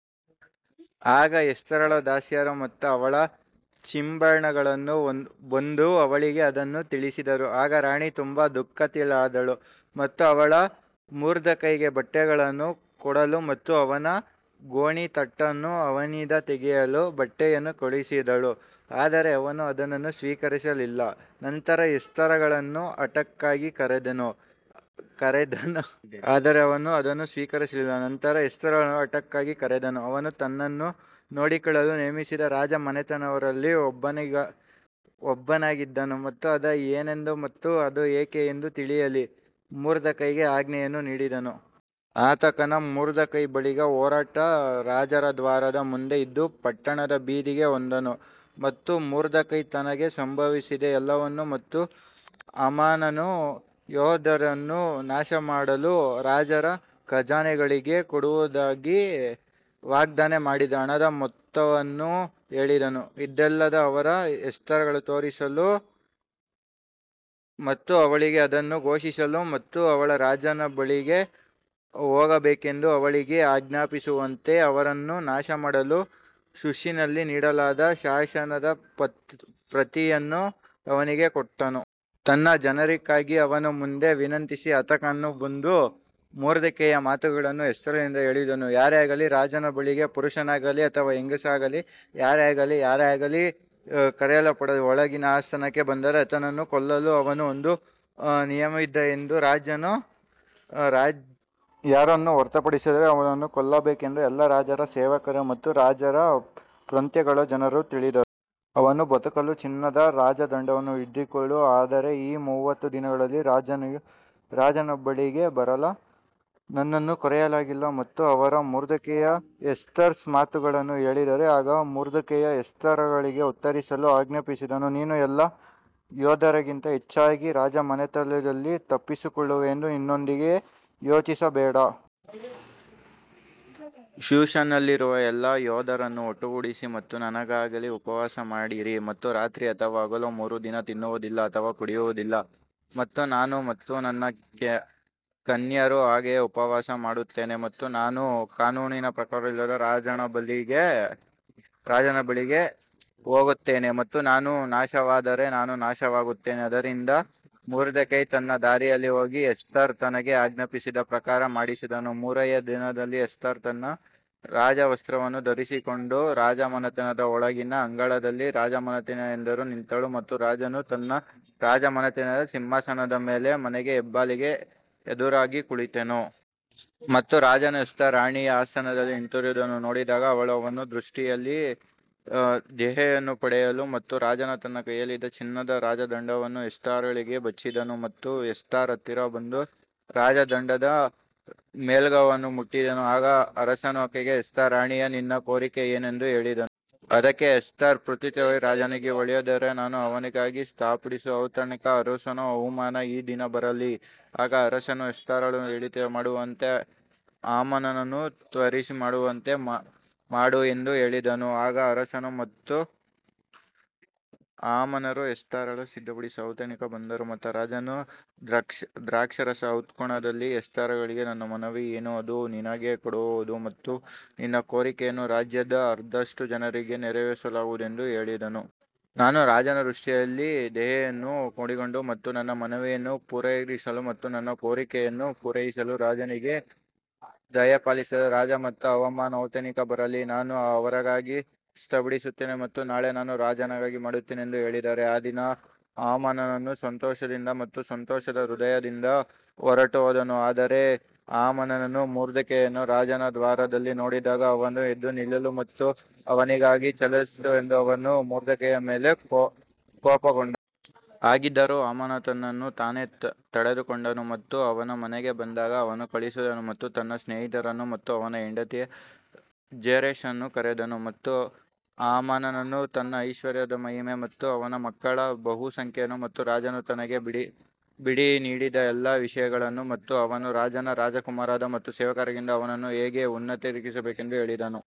ಆಗ ಎಸ್ತೇರಳ ದಾಸಿಯರು ಮತ್ತು ಅವಳ ಚೇಂಬರ್ಲೇನ್ಗಳು ಬಂದು ಅವಳಿಗೆ ಅದನ್ನು ತಿಳಿಸಿದರು ಆಗ ರಾಣಿ ತುಂಬಾ ದುಃಖಿತಳಾದಳು ಮತ್ತು ಅವಳು ಮೊರ್ದೆಕೈಗೆ ಬಟ್ಟೆಗಳನ್ನು ಕೊಡಲು ಮತ್ತು ಅವನ ಗೋಣೀತಟ್ಟನ್ನು ಅವನಿಂದ ತೆಗೆಯಲು ಬಟ್ಟೆಯನ್ನು ಕಳುಹಿಸಿದಳು ಆದರೆ ಅವನು ಅದನ್ನು ಸ್ವೀಕರಿಸಲಿಲ್ಲ. ನಂತರ ಎಸ್ತೇರಳನ್ನು ಹಟಾಕ್ಗೆ ಕರೆದನು, ಅವನು ತನ್ನನ್ನು ನೋಡಿಕೊಳ್ಳಲು ನೇಮಿಸಿದ ರಾಜಮನೆತನದವರಲ್ಲಿ ಒಬ್ಬನಾಗಿದ್ದನು ಮತ್ತು ಅದು ಏನೆಂದು ಮತ್ತು ಅದು ಏಕೆ ಎಂದು ತಿಳಿಯಲು ಮೊರ್ದೆಕೈಗೆ ಆಜ್ಞೆಯನ್ನು ನೀಡಿದನು. ಹತಾಕನು ಮೊರ್ದೆಕೈಯ ಬಳಿಗೆ ಹೊರಟು ರಾಜರ ದ್ವಾರದ ಮುಂದೆ ಇದ್ದ ಪಟ್ಟಣದ ಬೀದಿಗೆ ಹೋದನು. ಮತ್ತು ಮೊರ್ದೆಕೈ ತನಗೆ ಸಂಭವಿಸಿದ ಎಲ್ಲವನ್ನೂ ಮತ್ತು ಹಾಮಾನನು ಯೆಹೂದ್ಯರನ್ನು ನಾಶಮಾಡಲು ರಾಜರ ಖಜಾನೆಗಳಿಗೆ ಕೊಡುವುದಾಗಿ ವಾಗ್ದಾನ ಮಾಡಿದ ಹಣದ ಮೊತ್ತವನ್ನು ಹೇಳಿದನು. ಇದಲ್ಲದೆ ಅವರು ಎಸ್ತೇರಳಿಗೆ ತೋರಿಸಲು ಮತ್ತು ಅವಳಿಗೆ ಅದನ್ನು ಘೋಷಿಸಲು ಮತ್ತು ಅವಳು ರಾಜನ ಬಳಿಗೆ ಹೋಗಬೇಕೆಂದು ಅವಳಿಗೆ ಆಜ್ಞಾಪಿಸುವಂತೆ ಅವರನ್ನು ನಾಶಮಾಡಲು ಶೂಷನ್ನಲ್ಲಿ ನೀಡಲಾದ ಶಾಸನದ ಪ್ರತಿಯನ್ನು ಅವನಿಗೆ ಕೊಟ್ಟನು. ತನ್ನ ಜನರಿಗಾಗಿ ಅವನ ಮುಂದೆ ವಿನಂತಿಸಿ ಹತಾಕನು ಬಂದು ಮೊರ್ದೆಕೈಯ ಮಾತುಗಳನ್ನು ಎಸ್ತೇರಳಿಗೆ ಹೇಳಿದನು ಯಾರೇ ಆಗಲಿ ರಾಜನ ಬಳಿಗೆ ಪುರುಷನಾಗಲಿ ಅಥವಾ ಹೆಂಗಸಾಗಲಿ ಯಾರೇ ಆಗಲಿ ಯಾರೇ ಆಗಲಿ ಕರೆಯಲ್ಪಡದ ಒಳಗಿನ ಆಸ್ಥಾನಕ್ಕೆ ಬಂದರೆ ಆತನನ್ನು ಕೊಲ್ಲಲು ಅವನ ಒಂದು ನಿಯಮವಿದೆ ಎಂದು ರಾಜನು ಯಾರನ್ನು ಹೊರತುಪಡಿಸಿದರೆ ಅವನನ್ನು ಕೊಲ್ಲಬೇಕೆಂದು ಎಲ್ಲಾ ರಾಜರ ಸೇವಕರು ಮತ್ತು ರಾಜರ ಪ್ರಾಂತ್ಯಗಳ ಜನರು ತಿಳಿದಿದ್ದಾರೆ. ಅವನು ಬದುಕಲು ಚಿನ್ನದ ರಾಜದಂಡವನ್ನು ಹಿಡಿದುಕೊಳ್ಳಿ ಆದರೆ ಈ ಮೂವತ್ತು ದಿನಗಳಲ್ಲಿ ರಾಜನ ಬಳಿಗೆ ಬರಲು ನನ್ನನ್ನು ಕರೆಯಲಾಗಿಲ್ಲ ಮತ್ತು ಅವರು ಮೊರ್ದೆಕೈ ಎಸ್ತರ್ಸ್ ಮಾತುಗಳನ್ನು ಹೇಳಿದರು ಆಗ ಮೊರ್ದೆಕೈ ಎಸ್ತೇರಳಿಗೆ ಉತ್ತರಿಸಲು ಆಜ್ಞಾಪಿಸಿದನು, ನೀನು ಎಲ್ಲಾ ಯೆಹೂದ್ಯರಿಗಿಂತ ಹೆಚ್ಚಾಗಿ ರಾಜಮನೆತನದಲ್ಲಿ ತಪ್ಪಿಸಿಕೊಳ್ಳುವೆ ಎಂದು ನಿನ್ನೊಂದಿಗೆ ಯೋಚಿಸಬೇಡ. ಶೂಷನ್ನಲ್ಲಿರುವ ಎಲ್ಲಾ ಯೆಹೂದ್ಯರನ್ನು ಒಟ್ಟುಗೂಡಿಸಿ ಮತ್ತು ನನಗಾಗಿ ಉಪವಾಸ ಮಾಡಿರಿ ಮತ್ತು ರಾತ್ರಿ ಅಥವಾ ಹಗಲು ಮೂರು ದಿನ ತಿನ್ನುವುದಿಲ್ಲ ಅಥವಾ ಕುಡಿಯುವುದಿಲ್ಲ ಮತ್ತು ನಾನು ಮತ್ತು ನನ್ನ ಕನ್ಯೆಯರು ಹಾಗೆಯೇ ಉಪವಾಸ ಮಾಡುತ್ತೇನೆ ಮತ್ತು ನಾನು ಕಾನೂನಿನ ಪ್ರಕಾರವಲ್ಲದ ರಾಜನ ಬಳಿಗೆ ಹೋಗುತ್ತೇನೆ. ಮತ್ತು ನಾನು ನಾಶವಾದರೆ ನಾನು ನಾಶವಾಗುತ್ತೇನೆ ಆದ್ದರಿಂದ ಮೊರ್ದೆಕೈ ತನ್ನ ದಾರಿಯಲ್ಲಿ ಹೋಗಿ ಎಸ್ತರ್ ತನಗೆ ಆಜ್ಞಾಪಿಸಿದ ಪ್ರಕಾರ ಮಾಡಿದನು ಮೂರನೆಯ ದಿನದಲ್ಲಿ ಎಸ್ತರ್ ತನ್ನ ರಾಜವಸ್ತ್ರವನ್ನು ಧರಿಸಿಕೊಂಡು ರಾಜಮನೆತನದ ಒಳಗಿನ ಅಂಗಳದಲ್ಲಿ ರಾಜಮನೆತನದ ಎದುರು ನಿಂತಳು ಮತ್ತು ರಾಜನು ತನ್ನ ರಾಜಮನೆತನದ ಸಿಂಹಾಸನದ ಮೇಲೆ ಮನೆಯ ಹೆಬ್ಬಾಗಿಲುಗೆ ಎದುರಾಗಿ ಕುಳಿತನು. ಮತ್ತು ರಾಜನು ಎಸ್ತರ್ ರಾಣಿಯು ಆಸ್ಥಾನದಲ್ಲಿ ನಿಂತಿರುವುದನ್ನು ನೋಡಿದಾಗ ಅವಳು ಅವನ ದೃಷ್ಟಿಯಲ್ಲಿ ದಯೆಯನ್ನು ಪಡೆದಳು ಮತ್ತು ರಾಜನು ತನ್ನ ಕೈಯಲ್ಲಿದ್ದ ಚಿನ್ನದ ರಾಜದಂಡವನ್ನು ಎಸ್ತೇರಳಿಗೆ ಚಾಚಿದನು ಮತ್ತು ಎಸ್ತರ್ ಹತ್ತಿರ ಬಂದು ರಾಜದಂಡದ ಮೇಲ್ಭಾಗವನ್ನು ಮುಟ್ಟಿದನು. ಆಗ ಅರಸನು ಆಕೆಗೆ ಎಸ್ತೇರ್ ರಾಣಿಯೇ, ನಿನ್ನ ಕೋರಿಕೆ ಏನು ಎಂದು ಹೇಳಿದನು. ಅದಕ್ಕೆ ಎಸ್ತೇರ್ ಪ್ರತ್ಯುತ್ತರವಾಗಿ ರಾಜನಿಗೆ ಒಳ್ಳೆಯದಾದರೆ ನಾನು ಅವನಿಗಾಗಿ ಸಿದ್ಧಪಡಿಸಿರುವ ಔತಣಕ್ಕೆ ಅರಸನೂ ಹಾಮಾನನೂ ಈ ದಿನ ಬರಲಿ. ಆಗ ಅರಸನು ಎಸ್ತೇರಳು ಹೇಳಿದಂತೆಯೇ ಮಾಡುವಂತೆ ಹಾಮಾನನನ್ನು ತ್ವರೆಮಾಡುವಂತೆ ಮಾಡು ಎಂದು ಹೇಳಿದನು, ಆಗ ಅರಸನು ಮತ್ತು ಹಾಮಾನರು ಎಸ್ತೇರಳು ಸಿದ್ಧಪಡಿಸಿದ್ದ ಔತಣಕ್ಕೆ ಬಂದರು. ಮತ್ತು ರಾಜನು ದ್ರಾಕ್ಷಾರಸದ ಔತಣಕೂಟದಲ್ಲಿ ಎಸ್ತೇರಳಿಗೆ ನಿನ್ನ ಮನವಿ ಏನು ಮತ್ತು ಅದು ನಿನಗೆ ಕೊಡಲ್ಪಡುವುದು ಮತ್ತು ನಿನ್ನ ಕೋರಿಕೆಯನ್ನು ರಾಜ್ಯದ ಅರ್ಧದಷ್ಟು ಜನರಿಗೆ ನೆರವೇರಿಸಲಾಗುವುದು ಎಂದು ಹೇಳಿದನು. ನಾನು ರಾಜನ ದೃಷ್ಟಿಯಲ್ಲಿ ದಯೆಯನ್ನು ಕಂಡುಕೊಂಡರೆ ಮತ್ತು ನನ್ನ ಮನವಿಯನ್ನು ಪುರಸ್ಕರಿಸಲು ಮತ್ತು ನನ್ನ ಕೋರಿಕೆಯನ್ನು ಪೂರೈಸಲು ರಾಜನಿಗೆ ದಯಪಾಲಿಸಿದರೆ ರಾಜ ಮತ್ತು ಹಾಮಾನನು ಔತಣಕ್ಕೆ ಬರಲಿ, ನಾನು ಅವರಿಗಾಗಿ ಸಿದ್ಧಪಡಿಸುತ್ತೇನೆ ಮತ್ತು ನಾಳೆ ನಾನು ರಾಜನಾಗಿ ಮಾಡುತ್ತೇನೆ. ಎಂದು ಹೇಳಿದ್ದಾರೆ ಆ ದಿನ ಹಾಮಾನನು ಸಂತೋಷದಿಂದ ಮತ್ತು ಸಂತೋಷದ ಹೃದಯದಿಂದ ಹೊರಟುಹೋದನು ಆದರೆ ಹಾಮಾನನು ಮೊರ್ದೆಕೈಯನ್ನು ರಾಜನ ದ್ವಾರದಲ್ಲಿ ನೋಡಿದಾಗ ಅವನು ಎದ್ದು ನಿಲ್ಲಲಿಲ್ಲ ಮತ್ತು ಅವನಿಗಾಗಿ ಚಲಿಸಲಿಲ್ಲ ಎಂದು ಅವನು ಮೊರ್ದೆಕೈಯ ಮೇಲೆ ಕೋಪಗೊಂಡನು. ಹಾಗಿದ್ದರೂ ಹಾಮಾನನು ತನ್ನನ್ನು ತಾನೇ ತಡೆದುಕೊಂಡನು ಮತ್ತು ಅವನು ಮನೆಗೆ ಬಂದಾಗ ಅವನು ಕಳುಹಿಸಿದನು ಮತ್ತು ತನ್ನ ಸ್ನೇಹಿತರನ್ನು ಮತ್ತು ಅವನ ಹೆಂಡತಿ ಜೆರೆಷನನ್ನು ಕರೆದನು. ಮತ್ತು ಹಾಮಾನನು ತನ್ನ ಐಶ್ವರ್ಯದ ಮಹಿಮೆ ಮತ್ತು ಅವನ ಮಕ್ಕಳ ಬಹುಸಂಖ್ಯೆಯ ಮತ್ತು ರಾಜನು ತನಗೆ ಬಡ್ತಿ ನೀಡಿದ ಎಲ್ಲಾ ವಿಷಯಗಳನ್ನು ಮತ್ತು ಅವನು ರಾಜನ ರಾಜಕುಮಾರರು ಮತ್ತು ಸೇವಕರಿಗಿಂತ ಅವನನ್ನು ಹೇಗೆ ಉನ್ನತೀಕರಿಸಿದನೆಂದು ಹೇಳಿದನು.